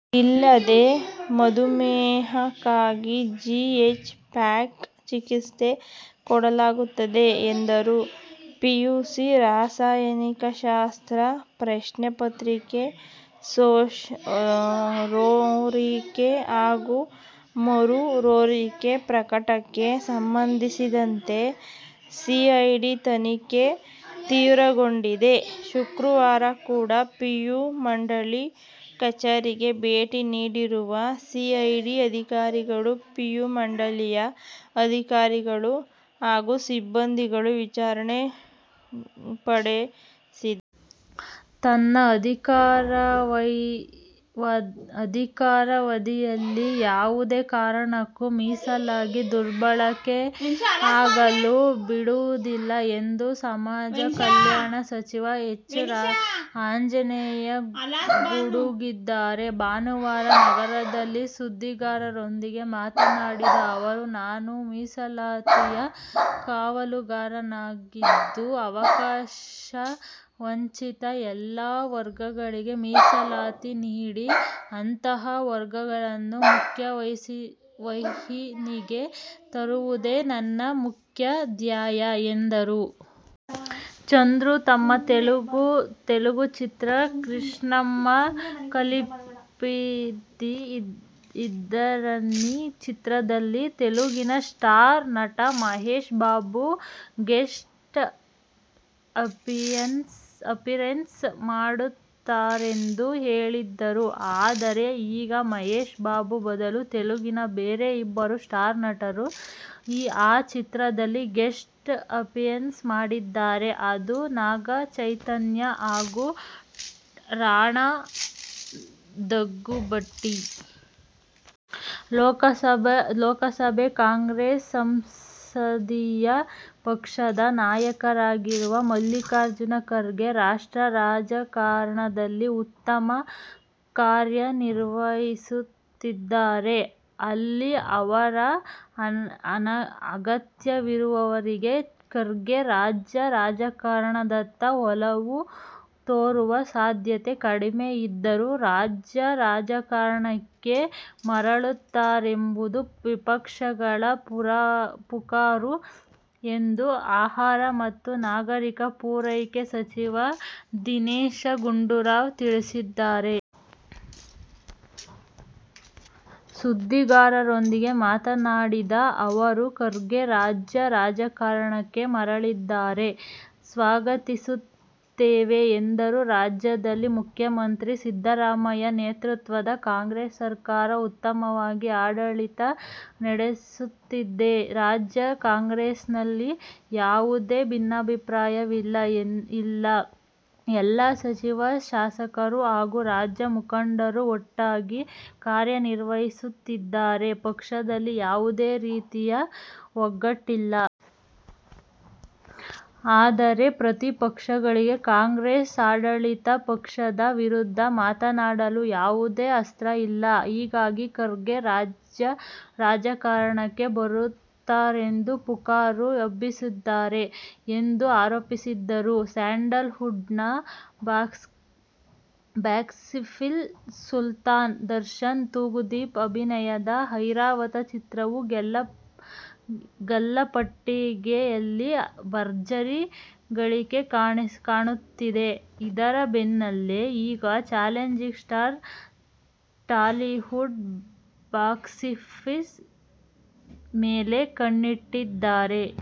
ಅಲ್ಲದೇ, ಮಧುಮೇಹಕ್ಕಾಗಿ G. H. Pack ಚಿಕಿತ್ಸೆ ಕೊಡಲಾಗಿದೆ ಎಂದರು. ಪಿಯುಸಿ ರಸಾಯನಶಾಸ್ತ್ರ ಪ್ರಶ್ನೆ ಪತ್ರಿಕೆ ಸೋರಿಕೆ ಹಾಗೂ ಮರು ಸೋರಿಕೆ ಪ್ರಕರಣಕ್ಕೆ ಸಂಬಂಧಿಸಿದಂತೆ ಸಿಐಡಿ ತನಿಖೆ ತೀವ್ರಗೊಂಡಿದೆ. ಶುಕ್ರವಾರ ಕೂಡ ಪಿಯು ಮಂಡಳಿ ಕಚೇರಿಗೆ ಭೇಟಿ ನೀಡಿರುವ ಸಿಐಡಿ ಅಧಿಕಾರಿಗಳು ಪಿಯು ಮಂಡಳಿಯ ಅಧಿಕಾರಿಗಳು ಹಾಗೂ ಸಿಬ್ಬಂದಿಯನ್ನು ವಿಚಾರಣೆಗೊಳಪಡಿಸಿದೆ. ನನ್ನ ಅಧಿಕಾರಾವಧಿಯಲ್ಲಿ ಯಾವುದೇ ಕಾರಣಕ್ಕೂ ಮೀಸಲಾತಿ ದುರ್ಬಳಕೆ ಆಗಲು ಬಿಡುವುದಿಲ್ಲ ಎಂದು ಸಮಾಜಕಲ್ಯಾಣ ಸಚಿವ ಎಚ್. ಆಂಜನೇಯ ಗುಡುಗಿದ್ದಾರೆ. ಭಾನುವಾರ ನಗರದಲ್ಲಿ ಸುದ್ದಿಗಾರರೊಂದಿಗೆ ಮಾತನಾಡಿದ ಅವರು, "ನಾನು ಮೀಸಲಾತಿಯ ಕಾವಲುಗಾರನಾಗಿದ್ದು, ಅವಕಾಶವಂಚಿತ ಎಲ್ಲಾ ವರ್ಗಗಳಿಗೆ ಮೀಸಲಾತಿ ನೀಡಿ ಅಂತಹ ವರ್ಗಗಳನ್ನು ಮುಖ್ಯವಾಹಿನಿಗೆ ತರುವುದೇ ನನ್ನ ಮುಖ್ಯ ಧ್ಯೇಯ' ಎಂದರು. ಚಂದ್ರು ತಮ್ಮ ತೆಲುಗು ಚಿತ್ರ "ಕೃಷ್ಣಮ್ಮ ಕಲಿಪಿಂದಿ ಇದ್ದಾರನಿ' ಚಿತ್ರದಲ್ಲಿ ತೆಲುಗಿನ ಸ್ಟಾರ್ ನಟ ಮಹೇಶ್ ಬಾಬು ಗೆಸ್ಟ್ ಅಪಿಯರೆನ್ಸ್ ಮಾಡುತ್ತಾರೆಂದು ಹೇಳಿದ್ದರು. ಆದರೆ, ಈಗ ಮಹೇಶ್ ಬಾಬು ಬದಲು ತೆಲುಗಿನ ಬೇರೆ ಇಬ್ಬರು ಸ್ಟಾರ್ ನಟರು ಆ ಚಿತ್ರದಲ್ಲಿ ಗೆಸ್ಟ್ ಅಪಿಯರೆನ್ಸ್ ಮಾಡಿದ್ದಾರೆ. ಅದು ನಾಗಚೈತನ್ಯ ಹಾಗೂ ರಾಣಾ ದಗ್ಗುಬಾಟಿ. ಲೋಕಸಭೆ ಕಾಂಗ್ರೆಸ್ ಸಂಸದೀಯ ಪಕ್ಷದ ನಾಯಕರಾಗಿರುವ ಮಲ್ಲಿಕಾರ್ಜುನ ಖರ್ಗೆ ರಾಷ್ಟ್ರ ರಾಜಕಾರಣದಲ್ಲಿ ಉತ್ತಮ ಕಾರ್ಯನಿರ್ವಹಿಸುತ್ತಿದ್ದಾರೆ. ಅಲ್ಲಿ ಅವರ ಅಗತ್ಯವಿರುವುದರಿಂದ ಖರ್ಗೆ ರಾಜ್ಯ ರಾಜಕಾರಣದತ್ತ ಒಲವು ತೋರುವ ಸಾಧ್ಯತೆ ಕಡಿಮೆ. ಅವರು ರಾಜ್ಯ ರಾಜಕಾರಣಕ್ಕೆ ಮರಳುತ್ತಾರೆಂಬುದು ವಿಪಕ್ಷಗಳ ಪುಕಾರು ಎಂದು ಆಹಾರ ಮತ್ತು ನಾಗರಿಕ ಪೂರೈಕೆ ಸಚಿವ ದಿನೇಶ ಗುಂಡೂರಾವ್ ತಿಳಿಸಿದ್ದಾರೆ. ಸುದ್ದಿಗಾರರೊಂದಿಗೆ ಮಾತನಾಡಿದ ಅವರು, ಖರ್ಗೆ ರಾಜ್ಯ ರಾಜಕಾರಣಕ್ಕೆ ಮರಳಿದರೆ ಸ್ವಾಗತಿಸುತ್ತೇವೆ ಎಂದರು. ರಾಜ್ಯದಲ್ಲಿ ಮುಖ್ಯಮಂತ್ರಿ ಸಿದ್ದರಾಮಯ್ಯ ನೇತೃತ್ವದ ಕಾಂಗ್ರೆಸ್ ಸರ್ಕಾರ ಉತ್ತಮವಾಗಿ ಆಡಳಿತ ನಡೆಸುತ್ತಿದೆ. ರಾಜ್ಯ ಕಾಂಗ್ರೆಸ್ಸಿಗರಲ್ಲಿ ಯಾವುದೇ ಭಿನ್ನಾಭಿಪ್ರಾಯವಿಲ್ಲ. ಎಲ್ಲ ಸಚಿವ-ಶಾಸಕರು ಹಾಗೂ ರಾಜ್ಯ ಮುಖಂಡರು ಒಗ್ಗಟ್ಟಾಗಿ ಕಾರ್ಯನಿರ್ವಹಿಸುತ್ತಿದ್ದಾರೆ. ಪಕ್ಷದಲ್ಲಿ ಯಾವುದೇ ರೀತಿಯ ಒಡಕಿಲ್ಲ. ಆದರೆ ಪ್ರತಿಪಕ್ಷಗಳಿಗೆ ಕಾಂಗ್ರೆಸ್ ಆಡಳಿತ ಪಕ್ಷದ ವಿರುದ್ಧ ಮಾತನಾಡಲು ಯಾವುದೇ ಅಸ್ತ್ರ ಇಲ್ಲ. ಹೀಗಾಗಿ ಖರ್ಗೆ ರಾಜ್ಯ ರಾಜಕಾರಣಕ್ಕೆ ಬರುತ್ತಾರೆಂಬ ಪುಕಾರು ಎಬ್ಬಿಸುತ್ತಿದ್ದಾರೆ ಎಂದು ಆರೋಪಿಸಿದರು. ಸ್ಯಾಂಡಲ್ ವುಡ್'ನ ಬಾಕ್ಸಾಫೀಸ್ ಸುಲ್ತಾನ್ ದರ್ಶನ್ ತೂಗುದೀಪ್ ಅಭಿನಯದ ಐರಾವತ ಚಿತ್ರವು ಗಲ್ಲಾಪೆಟ್ಟಿಗೆಯಲ್ಲಿ ಭರ್ಜರಿ ಗಳಿಕೆ ಕಾಣುತ್ತಿದೆ. ಇದರ ಬೆನ್ನಲ್ಲೇ ಈಗ ಚಾಲೆಂಜಿಂಗ್ ಸ್ಟಾರ್ ಟಾಲಿವುಡ್ ಬಾಕ್ಸಾಫೀಸ್ ಮೇಲೆ ಕಣ್ಣಿಟ್ಟಿದ್ದಾರೆ.